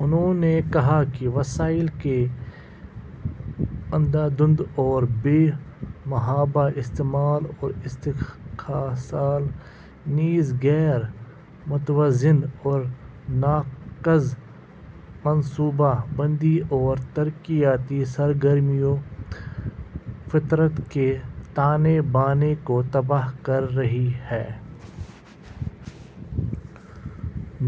انہوں نے کہا کہ وسائل کے اندھا دھند اور بے محابہ استعمال اور استحصال نیز غیر متوازن اور ناقص منصوبہ بندی اور ترقیاتی سرگرمیاں، فطرت کے تانے بانے کو تباہ کر رہی ہیں۔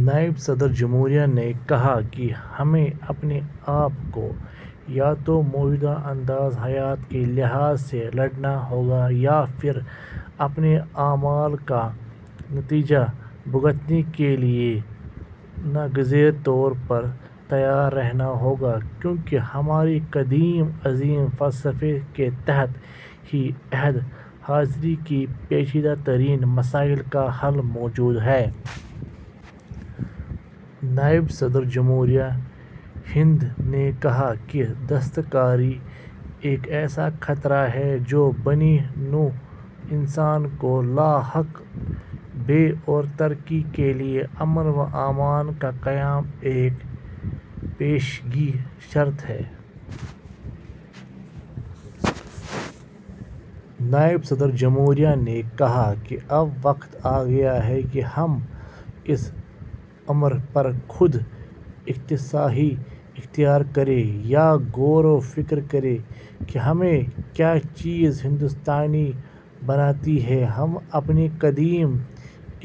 نائب صدر جمہوریہ نے کہا کہ ہمیں اپنے آپ کو یا تو موجودہ انداز حیات کے لحاظ سے بدلنا ہوگا یا پھر اپنے اعمال کا نتیجہ بھگتنے کے لیے ناگزیر طور پر تیار رہنا ہوگا، کیونکہ ہماری قدیم عظیم فلسفے کے تحت ہی عہد حاضر کے پیچیدہ ترین مسائل کا حل موجود ہے۔ نائب صدر جمہوریہ ہند نے کہا کہ دہشت گردی ایک ایسا خطرہ ہے جو بنی نوع انسان کو لاحق ہے اور ترقی کے لیے امن و امان کا قیام ایک پیشگی شرط ہے۔ نائب صدر جمہوریہ نے کہا کہ اب وقت آگیا ہے کہ ہم اس امر پر خود احتسابی اختیار کریں یا غور و فکر کریں کہ ہمیں کیا چیز ہندوستانی بناتی ہے۔ ہم اپنی قدیم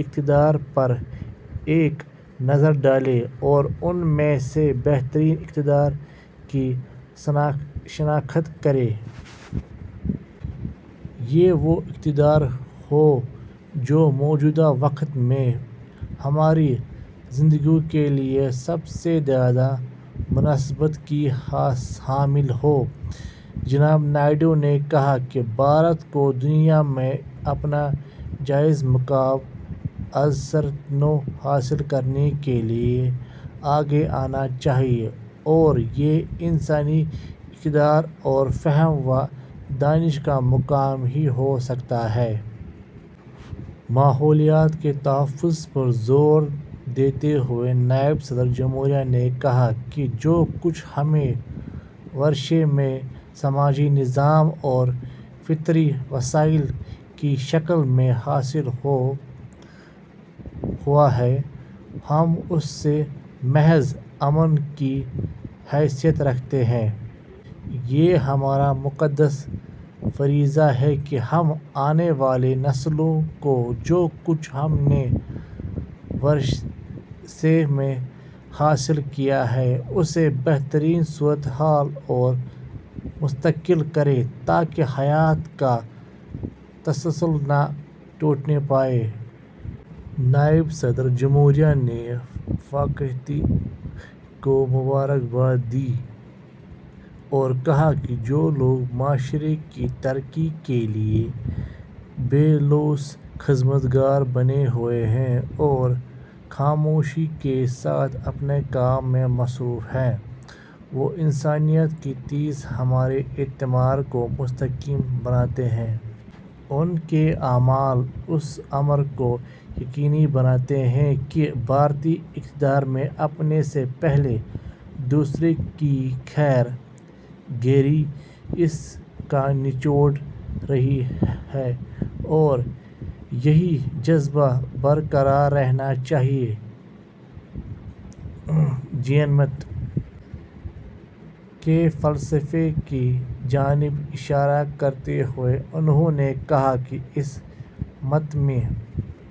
اقدار پر ایک نظر ڈالیں اور ان میں سے بہترین اقدار کی شناخت کریں۔ یہ وہ اقدار ہوں جو موجودہ وقت میں ہماری زندگیوں کے لیے سب سے زیادہ مناسبت کی حامل ہوں۔ جناب نائیڈو نے کہا کہ بھارت کو دنیا میں اپنا جائز مقام ازسرنو حاصل کرنے کے لیے آگے آنا چاہیے اور یہ انسانی اقدار اور فہم و دانش کا مقام ہی ہو سکتا ہے۔ ماحولیات کے تحفظ پر زور دیتے ہوئے نائب صدر جمہوریہ نے کہا کہ جو کچھ ہمیں ورثے میں سماجی نظام اور فطری وسائل کی شکل میں حاصل ہوا ہے، ہم اس کے محض امین کی حیثیت رکھتے ہیں۔ یہ ہمارا مقدس فریضہ ہے کہ ہم آنے والی نسلوں کو جو کچھ ہم نے ورثے میں حاصل کیا ہے، اسے بہترین صورتحال میں منتقل کریں تاکہ حیات کا تسلسل نہ ٹوٹنے پائے۔ نائب صدر جمہوریہ نے فاتحین کو مبارکباد دی اور کہا کہ جو لوگ معاشرے کی ترقی کے لیے بے لوث خدمت گار بنے ہوئے ہیں اور خاموشی کے ساتھ اپنے کام میں مصروف ہیں، وہ انسانیت کے تئیں ہمارے اعتماد کو مستحکم بناتے ہیں۔ ان کے اعمال اس امر کو یقینی بناتے ہیں کہ بھارتی اقدار میں اپنے سے پہلے دوسرے کی خبر گیری اس کا نچوڑ رہی ہے اور یہی جذبہ برقرار رہنا چاہیے۔ جین مت کے فلسفے کی جانب اشارہ کرتے ہوئے انہوں نے کہا کہ اس مت میں